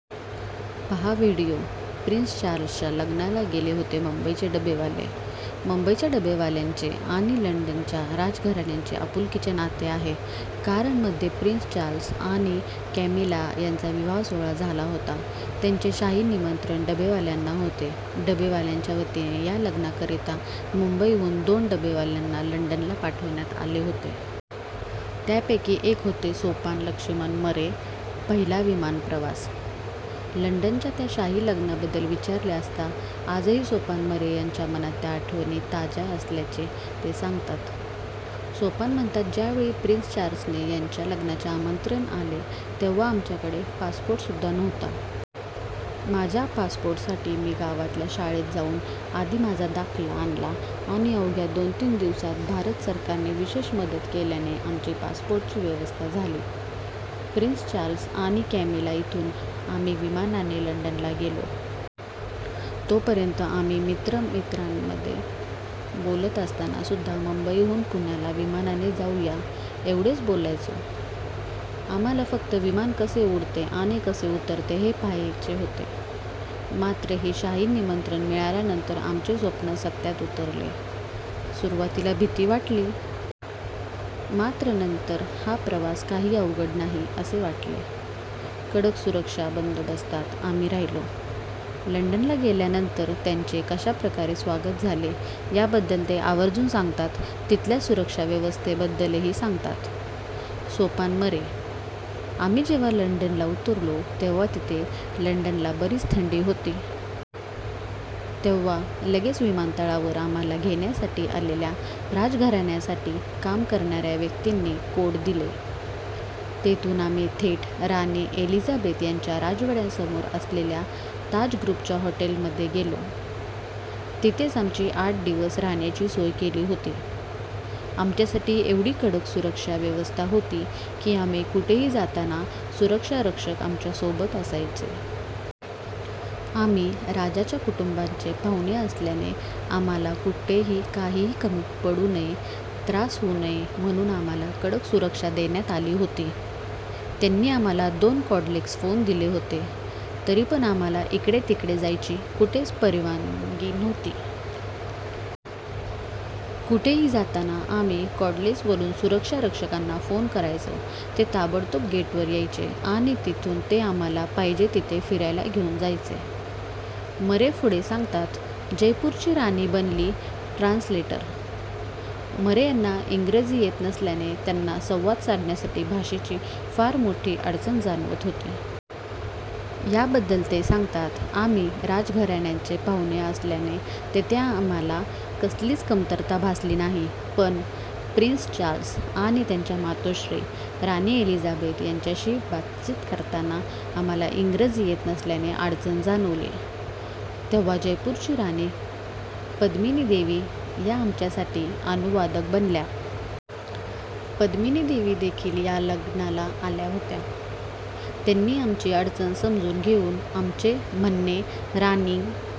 पाहा video: prince चार्ल्सच्या लग्नाला गेले होते मुंबईचे डबेवाले! मुंबईच्या डबेवाल्यांचे आणि लंडनच्या राजघराण्याचे आपुलकीचे नाते आहे. कारण मध्ये प्रिन्स चार्ल्स आणि कॅमिला यांचा विवाहसोहळा झाला होता. त्याचे शाही निमंत्रण डबेवाल्यांना होते. डबेवाल्यांच्या वतीने या लग्नाकरिता मुंबईहून दोन डबेवाल्यांना लंडनला पाठवण्यात आले होते. त्यापैकी एक होते सोपान लक्ष्मण मरे. पहिला विमानप्रवास - लंडनच्या त्या शाही लग्नाबद्दल विचारले असता आजही सोपान मरे यांच्या मनात त्या आठवणी ताज्या असल्याचे ते सांगतात. सोपान सांगतात, "ज्यावेळी प्रिन्स चार्ल्स यांच्या लग्नाचे निमंत्रण आले तेव्हा आमच्याकडे पासपोर्टसुद्धा नव्हता. माझ्या पासपोर्टसाठी मी गावातल्या शाळेत जाऊन आधी माझा दाखला आणला आणि अवघ्या दोन-तीन दिवसांत भारत सरकारने विशेष मदत केल्याने आमची पासपोर्टची व्यवस्था झाली." प्रिन्स चार्ल्स आणि कॅमिला - "इथून आम्ही विमानाने लंडनला गेलो. तोपर्यंत आम्ही मित्रा-मित्रांमध्ये बोलत असतानासुद्धा मुंबईहून पुण्याला विमानाने जाऊ या, एवढेच बोलायचो. आम्हाला फक्त विमान कसे उडते आणि कसे उतरते हे पाहायचे होते. मात्र हे शाही निमंत्रण मिळाल्यानंतर आमचे स्वप्न सत्यात उतरले. सुरुवातीला भीती वाटली. मात्र नंतर हा प्रवास काही अवघड नाही असे वाटले." कडक सुरक्षा बंदोबस्तात आम्ही राहिलो - लंडनला गेल्यानंतर त्यांचे कशा प्रकारे स्वागत झाले, याबद्दल ते आवर्जून सांगतात. तिथल्या सुरक्षाव्यवस्थेबद्दलही सांगतात. सोपान मरे - "आम्ही जेव्हा लंडनला उतरलो, तेव्हा तिथे लंडनला बरीच थंडी होती. तेव्हा लगेच विमानतळावर आम्हाला घेण्यासाठी आलेल्या राजघराण्यासाठी काम करणाऱ्या व्यक्तींनी कोट दिले. तिथून आम्ही थेट राणी एलिझाबेथ यांच्या राजवाड्यासमोर असलेल्या ताज ग्रुपच्या हॉटेलमध्ये गेलो. तिथेच आमची आठ दिवस राहण्याची सोय केली होती. आमच्यासाठी एवढी कडक सुरक्षा व्यवस्था होती की, आम्ही कुठेही जाताना सुरक्षारक्षक आमच्यासोबत असायचे." "आम्ही राजाच्या कुटुंबाचे पाहुणे असल्याने आम्हाला कुठेही काहीही कमी पडू नये, त्रास होऊ नये म्हणून आम्हाला कडक सुरक्षा देण्यात आली होती. त्यांनी आम्हाला दोन कॉर्डलेस फोन दिले होते. तरीपण आम्हाला इकडे तिकडे जायची कुठेच परवानगी नव्हती. कुठेही जाताना आम्ही कॉर्डलेसवरून सुरक्षा रक्षकांना फोन करायचो. ते ताबडतोब गेटवर यायचे आणि तिथून ते आम्हाला पाहिजे तिथे फिरायला घेऊन जायचे," मरे पुढे सांगतात. जयपूरची राणी बनली ट्रान्सलेटर - मरे यांना इंग्रजी येत नसल्याने त्यांना संवाद साधण्यासाठी भाषेची फार मोठी अडचण जाणवत होती. याबद्दल ते सांगतात, "आम्ही राजघराण्याचे पाहुणे असल्याने तिथे आम्हाला कसलीच कमतरता भासली नाही. पण प्रिन्स चार्ल्स आणि त्यांच्या मातोश्री राणी एलिझाबेथ यांच्याशी बातचीत करताना आम्हाला इंग्रजी येत नसल्याने अडचण जाणवली. तेव्हा जयपूरची राणी पद्मिनीदेवी या आमच्यासाठी अनुवादक बनल्या. पद्मिनीदेवी देखील या लग्नाला आल्या होत्या. त्यांनी आमची अडचण समजून घेऊन आमचे म्हणणे राणी